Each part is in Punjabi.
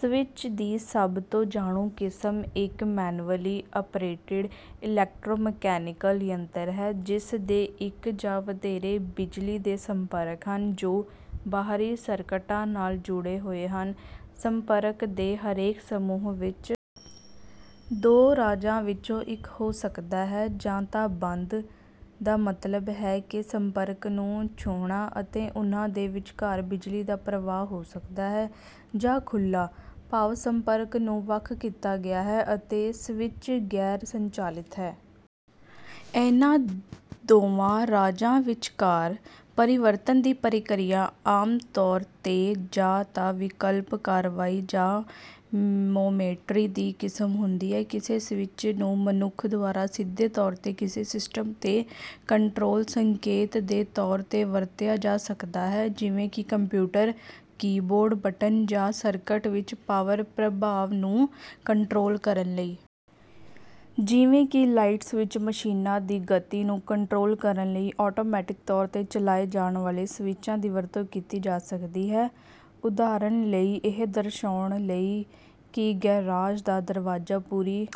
ਸਵਿੱਚ ਦੀ ਸਭ ਤੋਂ ਜਾਣੂ ਕਿਸਮ ਇੱਕ ਮੈਨੂਅਲੀ ਓਪਰੇਟਿਡ ਇਲੈਕਟ੍ਰੋਮੈਕੈਨਿਕਲ ਯੰਤਰ ਹੈ ਜਿਸ ਦੇ ਇੱਕ ਜਾਂ ਵਧੇਰੇ ਬਿਜਲੀ ਦੇ ਸੰਪਰਕ ਹਨ, ਜੋ ਬਾਹਰੀ ਸਰਕਟਾਂ ਨਾਲ ਜੁੜੇ ਹੋਏ ਹਨ। ਸੰਪਰਕ ਦੇ ਹਰੇਕ ਸਮੂਹ ਵਿੱਚ ਦੋ ਰਾਜਾਂ ਵਿੱਚੋਂ ਇੱਕ ਹੋ ਸਕਦਾ ਹੈ ਜਾਂ ਤਾਂ "ਬੰਦ" ਦਾ ਮਤਲਬ ਹੈ ਕਿ ਸੰਪਰਕਾਂ ਨੂੰ ਛੂਹਣਾ ਅਤੇ ਉਨ੍ਹਾਂ ਦੇ ਵਿਚਕਾਰ ਬਿਜਲੀ ਦਾ ਪ੍ਰਵਾਹ ਹੋ ਸਕਦਾ ਹੈ, ਜਾਂ "ਖੁੱਲ੍ਹਾ", ਭਾਵ ਸੰਪਰਕ ਨੂੰ ਵੱਖ ਕੀਤਾ ਗਿਆ ਹੈ ਅਤੇ ਸਵਿੱਚ ਗੈਰ ਸੰਚਾਲਿਤ ਹੈ। ਇਹਨਾਂ ਦੋਵਾਂ ਰਾਜਾਂ ਵਿਚਕਾਰ ਪਰਿਵਰਤਨ ਦੀ ਪ੍ਰਕਿਰਿਆ ਆਮ ਤੌਰ ਤੇ ਜਾਂ ਤਾਂ "ਵਿਕਲਪਕ ਕਾਰਵਾਈ" ਜਾਂ "ਮੋਮੈਂਟਰੀ" ਦੀ ਕਿਸਮ ਹੁੰਦੀ ਹੈ। ਕਿਸੇ ਸਵਿੱਚ ਨੂੰ ਮਨੁੱਖ ਦੁਆਰਾ ਸਿੱਧੇ ਤੌਰ ਤੇ ਕਿਸੇ ਸਿਸਟਮ ਤੇ ਕੰਟਰੋਲ ਸੰਕੇਤ ਦੇ ਤੌਰ ਤੇ ਵਰਤਿਆ ਜਾ ਸਕਦਾ ਹੈ, ਜਿਵੇਂ ਕਿ ਕੰਪਿਊਟਰ ਕੀਬੋਰਡ ਬਟਨ, ਜਾਂ ਸਰਕਟ ਵਿੱਚ ਪਾਵਰ ਪ੍ਰਵਾਹ ਨੂੰ ਕੰਟਰੋਲ ਕਰਨ ਲਈ। ਜਿਵੇਂ ਕਿ ਲਾਈਟ ਸਵਿਚ, ਮਸ਼ੀਨਾਂ ਦੀ ਗਤੀ ਨੂੰ ਕੰਟਰੋਲ ਕਰਨ ਲਈ ਆਟੋਮੈਟਿਕ ਤੌਰ ਤੇ ਚਲਾਏ ਜਾਣ ਵਾਲੇ ਸਵਿਚਾਂ ਦੀ ਵਰਤੋਂ ਕੀਤੀ ਜਾ ਸਕਦੀ ਹੈ, ਉਦਾਹਰਨ ਲਈ, ਇਹ ਦਰਸਾਉਣ ਲਈ ਕਿ ਗੈਰਾਜ ਦਾ ਦਰਵਾਜ਼ਾ ਪੂਰੀ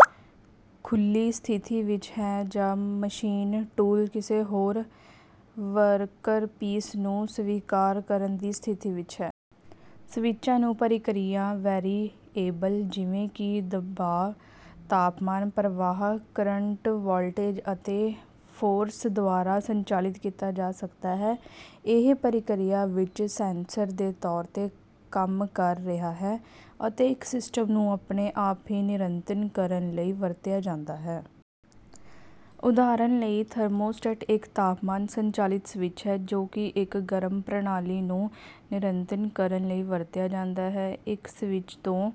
ਖੁੱਲ੍ਹੀ ਸਥਿਤੀ ਵਿੱਚ ਹੈ ਜਾਂ ਮਸ਼ੀਨ ਟੂਲ ਕਿਸੇ ਹੋਰ ਵਰਕਪੀਸ ਨੂੰ ਸਵੀਕਾਰ ਕਰਨ ਦੀ ਸਥਿਤੀ ਵਿੱਚ ਹੈ। ਸਵਿੱਚਾਂ ਨੂੰ ਪ੍ਰਕਿਰਿਆ ਵੇਰੀਏਬਲ ਜਿਵੇਂ ਕਿ ਦਬਾਅ, ਤਾਪਮਾਨ, ਪ੍ਰਵਾਹ, ਕਰੰਟ, ਵੋਲਟੇਜ, ਅਤੇ ਫੋਰਸ ਦੁਆਰਾ ਸੰਚਾਲਿਤ ਕੀਤਾ ਜਾ ਸਕਦਾ ਹੈ, ਇੱਕ ਪ੍ਰਕਿਰਿਆ ਵਿੱਚ ਸੈਂਸਰ ਦੇ ਤੌਰ ਤੇ ਕੰਮ ਕਰ ਰਿਹਾ ਹੈ ਅਤੇ ਇੱਕ ਸਿਸਟਮ ਨੂੰ ਆਪਣੇ ਆਪ ਹੀ ਨਿਯੰਤਰਿਤ ਕਰਨ ਲਈ ਵਰਤਿਆ ਜਾਂਦਾ ਹੈ। ਉਦਾਹਰਨ ਲਈ, ਥਰਮੋਸਟੈਟ ਇੱਕ ਤਾਪਮਾਨ ਸੰਚਾਲਿਤ ਸਵਿੱਚ ਹੈ ਜੋ ਕਿ ਇੱਕ ਗਰਮ ਪ੍ਰਣਾਲੀ ਨੂੰ ਨਿਯੰਤਰਿਤ ਕਰਨ ਲਈ ਵਰਤਿਆ ਜਾਂਦਾ ਹੈ। ਇੱਕ ਸਵਿੱਚ ਜੋ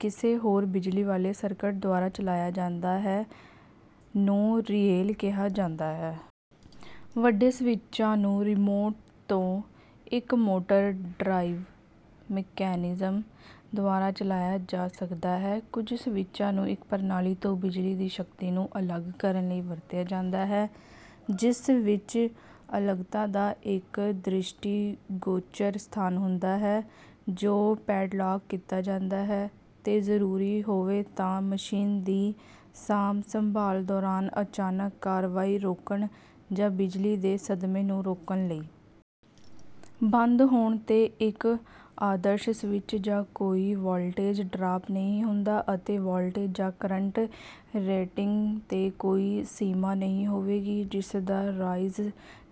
ਕਿਸੇ ਹੋਰ ਬਿਜਲੀ ਵਾਲੇ ਸਰਕਟ ਦੁਆਰਾ ਚਲਾਇਆ ਜਾਂਦਾ ਹੈ ਨੂੰ ਰਿਲੇਅ ਕਿਹਾ ਜਾਂਦਾ ਹੈ। ਵੱਡੇ ਸਵਿੱਚਾਂ ਨੂੰ ਰਿਮੋਟ ਤੋਂ ਇੱਕ ਮੋਟਰ ਡਰਾਈਵ ਮਕੈਨਿਜ਼ਮ ਦੁਆਰਾ ਚਲਾਇਆ ਜਾ ਸਕਦਾ ਹੈ। ਕੁਝ ਸਵਿੱਚਾਂ ਨੂੰ ਇੱਕ ਪ੍ਰਣਾਲੀ ਤੋਂ ਬਿਜਲੀ ਦੀ ਸ਼ਕਤੀ ਨੂੰ ਅਲੱਗ ਕਰਨ ਲਈ ਵਰਤਿਆ ਜਾਂਦਾ ਹੈ, ਜਿਸ ਵਿੱਚ ਅਲੱਗਤਾ ਦਾ ਇੱਕ ਦ੍ਰਿਸ਼ਟੀਗੋਚਰ ਸਥਾਨ ਹੁੰਦਾ ਹੈ ਜੋ ਪੈਡਲਾਕ ਕੀਤਾ ਜਾ ਸਕਦਾ ਹੈ ਜੇ ਜ਼ਰੂਰੀ ਹੋਵੇ ਤਾਂ ਮਸ਼ੀਨ ਦੀ ਸਾਂਭ ਸੰਭਾਲ ਦੌਰਾਨ ਅਚਾਨਕ ਕਾਰਵਾਈ ਰੋਕਣ, ਜਾਂ ਬਿਜਲੀ ਦੇ ਸਦਮੇ ਨੂੰ ਰੋਕਣ ਲਈ। ਬੰਦ ਹੋਣ ਤੇ ਇੱਕ ਆਦਰਸ਼ ਸਵਿੱਚ ਦਾ ਕੋਈ ਵੋਲਟੇਜ ਡਰਾਪ ਨਹੀਂ ਹੁੰਦਾ, ਅਤੇ ਵੋਲਟੇਜ ਜਾਂ ਕਰੰਟ ਰੇਟਿੰਗ ਤੇ ਕੋਈ ਸੀਮਾ ਨਹੀਂ ਹੋਵੇਗੀ। ਇਸ ਦਾ ਰਾਈਜ਼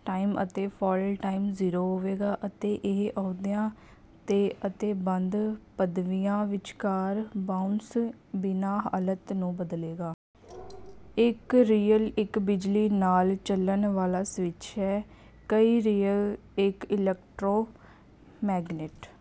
ਟਾਈਮ ਅਤੇ ਫਾਲ ਟਾਈਮ ਜ਼ੀਰੋ ਹੋਵੇਗਾ, ਅਤੇ ਇਹ ਅਹੁਦਿਆਂ ਤੇ ਅਤੇ ਬੰਦ ਪਦਵੀਆਂ ਵਿਚਕਾਰ "ਬਾਊਂਸ" ਬਿਨਾਂ ਹਾਲਤ ਨੂੰ ਬਦਲੇਗਾ। ਇੱਕ ਰਿਲੇਅ ਇੱਕ ਬਿਜਲੀ ਨਾਲ ਚੱਲਣ ਵਾਲਾ ਸਵਿੱਚ ਹੈ। ਕਈ ਰਿਲੇਅ ਇੱਕ ਇਲੈਕਟ੍ਰੋਮੈਗਨੈਟ